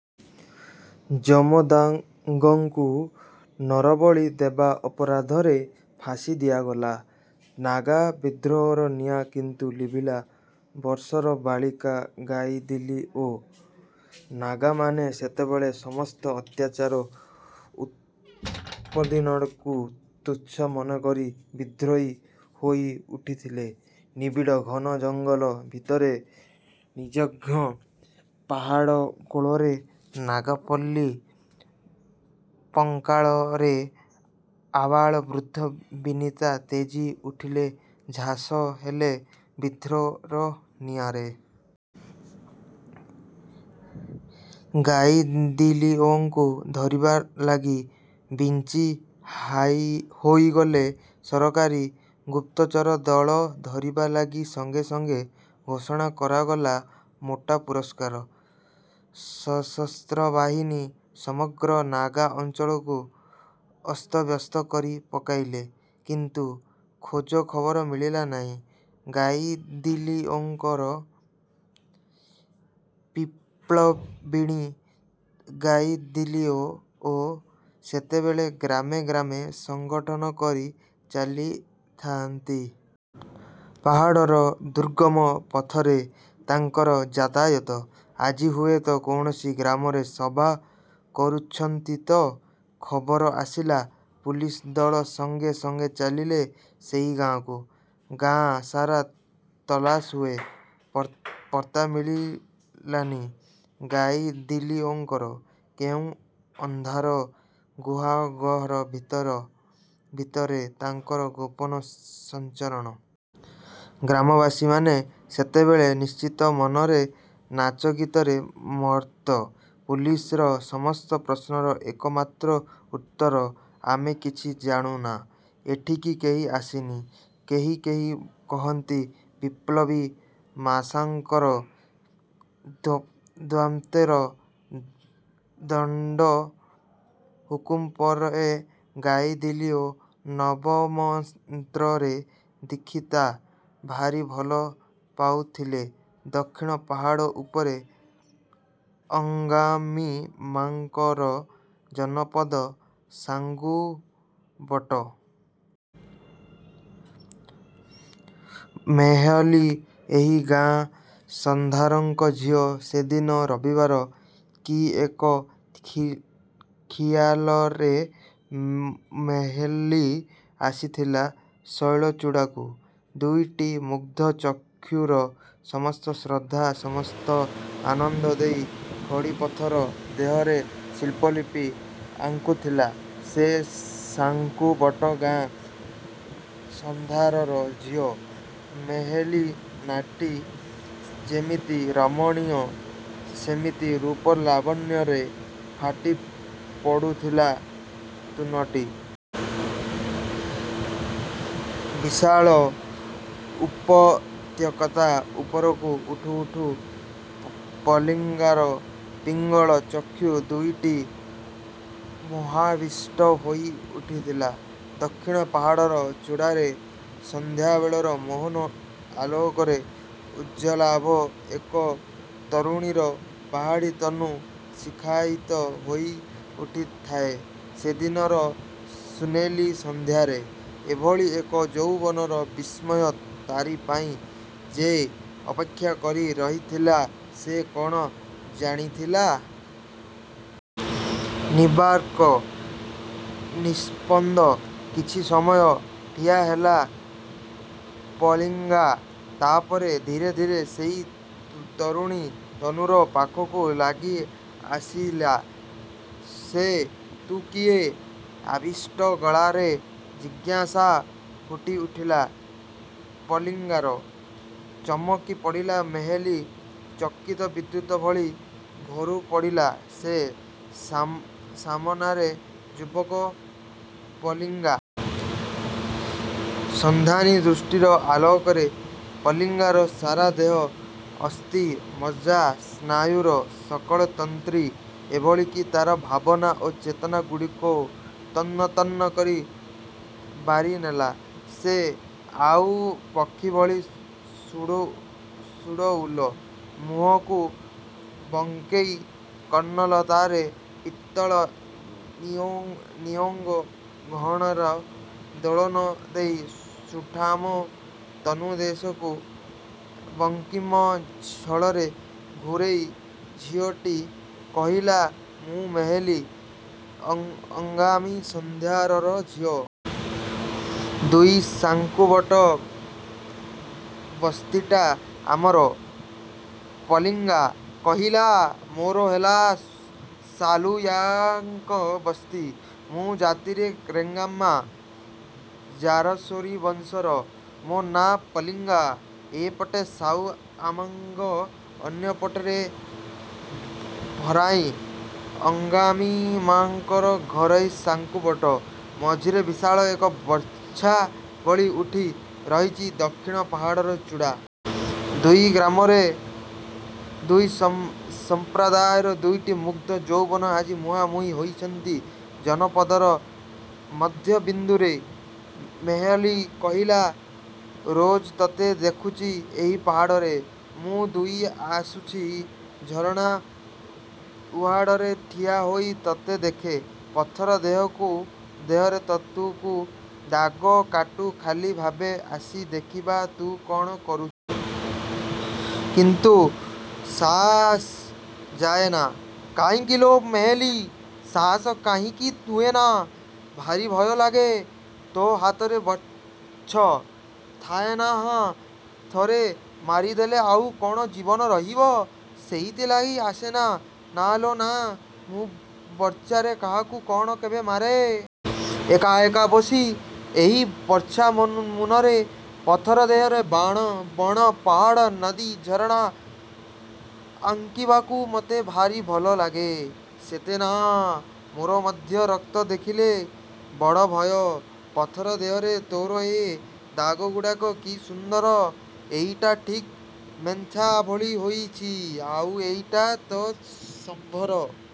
ଜମୋଦାଙ୍ଗଙ୍କୁ ନରବଳି ଦେବା ଅପରାଧରେ ଫାଶି ଦିଆଗଲା। ନାଗା ବିଦ୍ରୋହର ନିଆଁ କିନ୍ତୁ ଲିଭିଲା ବର୍ଷର ବାଳିକା ଗାଇଦିଲିଓ-। ନାଗାମାନେ ସେତେବେଳେ ସମସ୍ତ ଅତ୍ୟାଚାର, ଉତ୍ପୀଡ଼ନକୁ ତୁଚ୍ଛ ମନେକରି ବିଦ୍ରୋହୀ ହୋଇଉଠିଥିଲେ। ନିବିଡ଼ ଘନ ଜଙ୍ଗଲ ଭିତରେ, ନିଘଞ୍ଚ ପାହାଡ଼କୋଳରେ, ନାଗା ପଲ୍ଲୀ ପଙ୍କାଳରେ ଆବାଳ-ବୃଦ୍ଧ-ବିନିତା ତେଜି ଉଠିଲେ, ଝାସ ଦେଲେ ବିଦ୍ରୋହ-ନିଆଁରେ-। ଗାଇଦିଲିଓଙ୍କୁ ଧରିବା ଲାଗି ବିଞ୍ଚି ହୋଇଗଲେ ସରକାରୀ ଗୁପ୍ତଚର ଦଳ, ଧରିବା ଲାଗି ସଙ୍ଗେ ସଙ୍ଗେ ଘୋଷଣା କରାଗଲା ମୋଟା ପୁରସ୍କାର। ସଶସ୍ତ୍ରବାହିନୀ ସମଗ୍ର ନାଗା ଅଞ୍ଚଳକୁ ଅସ୍ତବ୍ୟସ୍ତ କରି ପକାଇଲେ। କିନ୍ତୁ ଖୋଜଖବର ମିଳିଲା ନାହିଁ ଗାଇଦିଲିଓଙ୍କର। ବିପ୍ଳବିଣୀ ଗାଇଦିଲିଓ ସେତେବେଳେ ଗ୍ରାମେ ଗ୍ରାମେ ସଙ୍ଗଠନ କରି ଚାଲିଥାଆନ୍ତି। ପାହାଡ଼ର ଦୁର୍ଗମ ପଥରେ ତାଙ୍କର ଯାତାୟାତ। ଆଜି ହୁଏତ କୌଣସି ଗ୍ରାମରେ ସଭା କରୁଛନ୍ତି ତ, ଖବର ଆସିଲା, ପୁଲିସ ଦଳ ସଙ୍ଗେ ସଙ୍ଗେ ଚାଲିଲେ ସେଇ ଗାଁକୁ। ଗାଁ ସାରା ତଲାସ ହୁଏ, ପତ୍ତା ମିଳେନି ଗାଇଦିଲିଓଙ୍କର-। କେଉଁ ଅନ୍ଧାର ଗୁହାଗହ୍ୱର ଭିତରେ ତାଙ୍କର ଗୋପନ ସଞ୍ଚରଣ। ଗ୍ରାମବାସୀମାନେ ସେତେବେଳେ ନିଶ୍ଚିନ୍ତ ମନରେ ନାଚଗୀତରେ ମତ୍ତ। ପୁଲିସର ସମସ୍ତ ପ୍ରଶ୍ନର ଏକମାତ୍ର ଉତ୍ତର-ଆମେ କିଛି ଜାଣୁନା, ଏଠିକି କେହି ଆସିନି। କେହି କେହି କହନ୍ତି–ବିପ୍ଳବୀ ମାଶାଙ୍ଗର ଦ୍ୱୀପାନ୍ତର ଦଣ୍ତ ହୁକୁମ ପରେ ଗାଇଦିଲିଓ ନବମନ୍ତ୍ରରେ ଦୀକ୍ଷିତା ଭାରି ଭଲ ପାଉଥିଲେ। ଦକ୍ଷିଣ ପାହାଡ଼ ଉପରେ ଅଙ୍ଗାମୀମାନଙ୍କର ଜନପଦ–ସାଙ୍ଗୁବଟ। ମେହଲୀ ଏହି ଗାଁ ସର୍ଦ୍ଦାରଙ୍କ ଝିଅ। ସେଦିନ ରବିବାର। କି ଏକ ଖିଆଲରେ ମେହଲୀ ଆସିଥିଲା ଶୈଳଚୂଡ଼ାକୁ। ଦୁଇଟି ମୁଗ୍ଧ ଚକ୍ଷୁର ସମସ୍ତ ଶ୍ରଦ୍ଧା, ସମସ୍ତ ଆନନ୍ଦ ଦେଇ ଖଡ଼ିପଥର ଦେହରେ ଶିଳ୍ପଲିପି ଆଙ୍କୁଥିଲା ସେ–ସାଙ୍ଗୁବଟ ଗାଁ ସର୍ଦ୍ଦାରର ଝିଅ। ମେହଲୀ ନାଁଟି ଯେମିତି ରମଣୀୟ, ସେମିତି ରୂପ-ଲାବଣ୍ୟରେ ଫାଟି ପଡ଼ୁଥିଲା ତନୁଟି। ବିଶାଳ ଉପତ୍ୟକା ଉପରକୁ ଉଠୁ ଉଠୁ ପଲିଙ୍ଗାର ପିଙ୍ଗଳ ଚକ୍ଷୁ ଦୁଇଟି ମୋହାବିଷ୍ଟ ହୋଇଉଠିଥିଲା। ଦକ୍ଷିଣ ପାହାଡ଼ର ଚୁଡ଼ାରେ ସନ୍ଧ୍ୟାବେଳର ମୋହନ ଆଲୋକରେ ଉଜ୍ଜ୍ୱଳାଭ ଏକ ତରୁଣୀର ପାହାଡ଼ୀ ତନୁ ଶିଖାୟିତ ହୋଇଉଠିଥାଏ ସେଦିନର ସୁନେଲି ସନ୍ଧ୍ୟାରେ। ଏଭଳି ଏକ ଯୌବନର ବିସ୍ମୟ ତାରି ପାଇଁ ଯେ ଅପେକ୍ଷା କରି ରହିଥିଲା ସେ କ'ଣ ଜାଣିଥିଲା? ନିର୍ବାକ୍, ନିସ୍ପନ୍ଦ। କିଛି ସମୟ ଠିଆ ହେଲା ପଲିଙ୍ଗା। ତାପରେ ଧୀରେ ଧୀରେ ସେହି ତରୁଣୀ ତନୁର ପାଖକୁ ଲାଗିଆସିଲା ସେ। ତୁ କିଏ? ଆବିଷ୍ଟ ଗଳାରେ ଜିଜ୍ଞାସା ଫୁଟିଉଠିଲା ପଲିଙ୍ଗାର। ଚମକି ପଡ଼ିଲା ମେହଲୀ। ଚକିତ ବିଦ୍ୟୁତ୍ ଭଳି ଘୁରିପଡ଼ିଲା ସେ। ସାମନାରେ ଯୁବକ ପଲିଙ୍ଗା। ସନ୍ଧାନୀ ଦୃଷ୍ଟିର ଆଲୋକରେ ପଲିଙ୍ଗାର ସାରା ଦେହ, ଅସ୍ଥି, ମଜ୍ଜା, ସ୍ନାୟୁର ସକଳ ତନ୍ତ୍ରୀ ଏଭଳି କି ତାର ଭାବନା ଓ ଚେତନା ଗୁଡ଼ିକୁ ତନ୍ନ ତନ୍ନ କରି ବାରିନେଲା ସେ। ଆଓ ପକ୍ଷୀ ଭଳି ସୁଡ଼ଉଲ। ମୁହଁକୁ ବଙ୍କେଇ କର୍ଣ୍ଣଲତାରେ ପିତ୍ତଳ ନିୟୋଙ୍ଗ୍ ଗହଣାର ଦୋଳନ ଦେଇ ସୁଠାମ ତନୁଦେଶକୁ ବଙ୍କିମ ଛଳରେ ଘୂରେଇ ଝିଅଟି କହିଲା–ମୁଁ ମେହଲୀ, ଅଙ୍ଗମୀ ସର୍ଦ୍ଦାରର ଝିଅ। ହୁଇ ସାଙ୍ଗୁବଟ ବସ୍ତିଟା ଆମର। ପଲିଙ୍ଗା କହିଲା–ମୋର ହେଲା ସାଲୁୟାଲାଙ୍ଗ ବସ୍ତି। ମୁଁ ଜାତିରେ ରେଙ୍ଗମା। ଜାରାସୋରି ବଂଶର। ମୋ ନାଁ ପଲିଙ୍ଗା। ଏ ପଟେ ସାହୁଆମାଙ୍ଗ, ଅନ୍ୟ ପଟରେ ଭଁରାଇ ଅଙ୍ଗାମୀମାନଙ୍କର ଘର ସାଙ୍ଗୁବଟ। ମଝିରେ ବିଶାଳ ଏକ ବର୍ଚ୍ଛା ଭଳି ଉଠି ରହିଛି ଦକ୍ଷିଣ ପାହାଡ଼ର ଚୁଡ଼ା। ଦୁଇ ଗ୍ରାମର, ଦୁଇ ସମ୍ପ୍ରଦାୟର ଦୁଇଟି ମୁଗ୍ଧ ଯୌବନ ଆଜି ମୁହାଁମୁହିଁ ହୋଇଛନ୍ତି ଜନପଦର ମଧ୍ୟବିନ୍ଦୁରେ। ମେହଲୀ କହିଲା–ରୋଜ ତତେ ଦେଖୁଚି ଏହି ପାହାଡ଼ରେ। ମୁଁ ଦୁଇଆଖୁସି ଝରଣା, ଉହାଡ଼ରେ ଠିଆହୋଇ ତତେ ଦେଖେ। ପଥର ଦେହରେ ତୁ କି ଦାଗ କାଟୁ, ଖାଲି ଭାବେ, ଆସି ଦେଖିବି ତୁ କ'ଣ କରୁଚୁ? କିନ୍ତୁ ସାହସ ପାଏନା। –କାହିଁକି ଲୋ ମେହଲୀ! ସାହସ କାହିଁକି ହୁଏନା? –ଭାରି ଭୟ ଲାଗେ। ତୋ ହାତରେ ବର୍ଚ୍ଛ। ଥାଏନା! ଥରେ ମାରିଦେଲେ ଆଉ କ'ଣ ଜୀବନ ରହିବ? ସେଇଥିଲାଗି ଆସେନା। –ନା ଲୋ ନା, ମୁଁ ବର୍ଚ୍ଛାରେ କାହାକୁ କ'ଣ କେବେ ମାରେ? ଏକା ଏକା ବସି ଏହି ବର୍ଚ୍ଛା ମୁନରେ, ପଥର ଦେହରେ ବଣ, ପାହାଡ଼, ନଦୀ, ଝରଣା ଆଙ୍କିବାକୁ ମତେ ଭାରି ଭଲ ଲାଗେ-। –ସତେ ନା! ମୋର ମଧ୍ୟ ରକ୍ତ ଦେଖିଲେ ବଡ଼ ଭୟ। ପଥର ଦେହରେ ତୋର ଏ ଦାଗଗୁଡ଼ାକ କି ସୁନ୍ଦର! ଏଇଟା ଠିକ୍ ମେନ୍ଜା ଭଳି ହୋଇଛି, ଆଉ ଏଇଟା ତ ସମ୍ବର।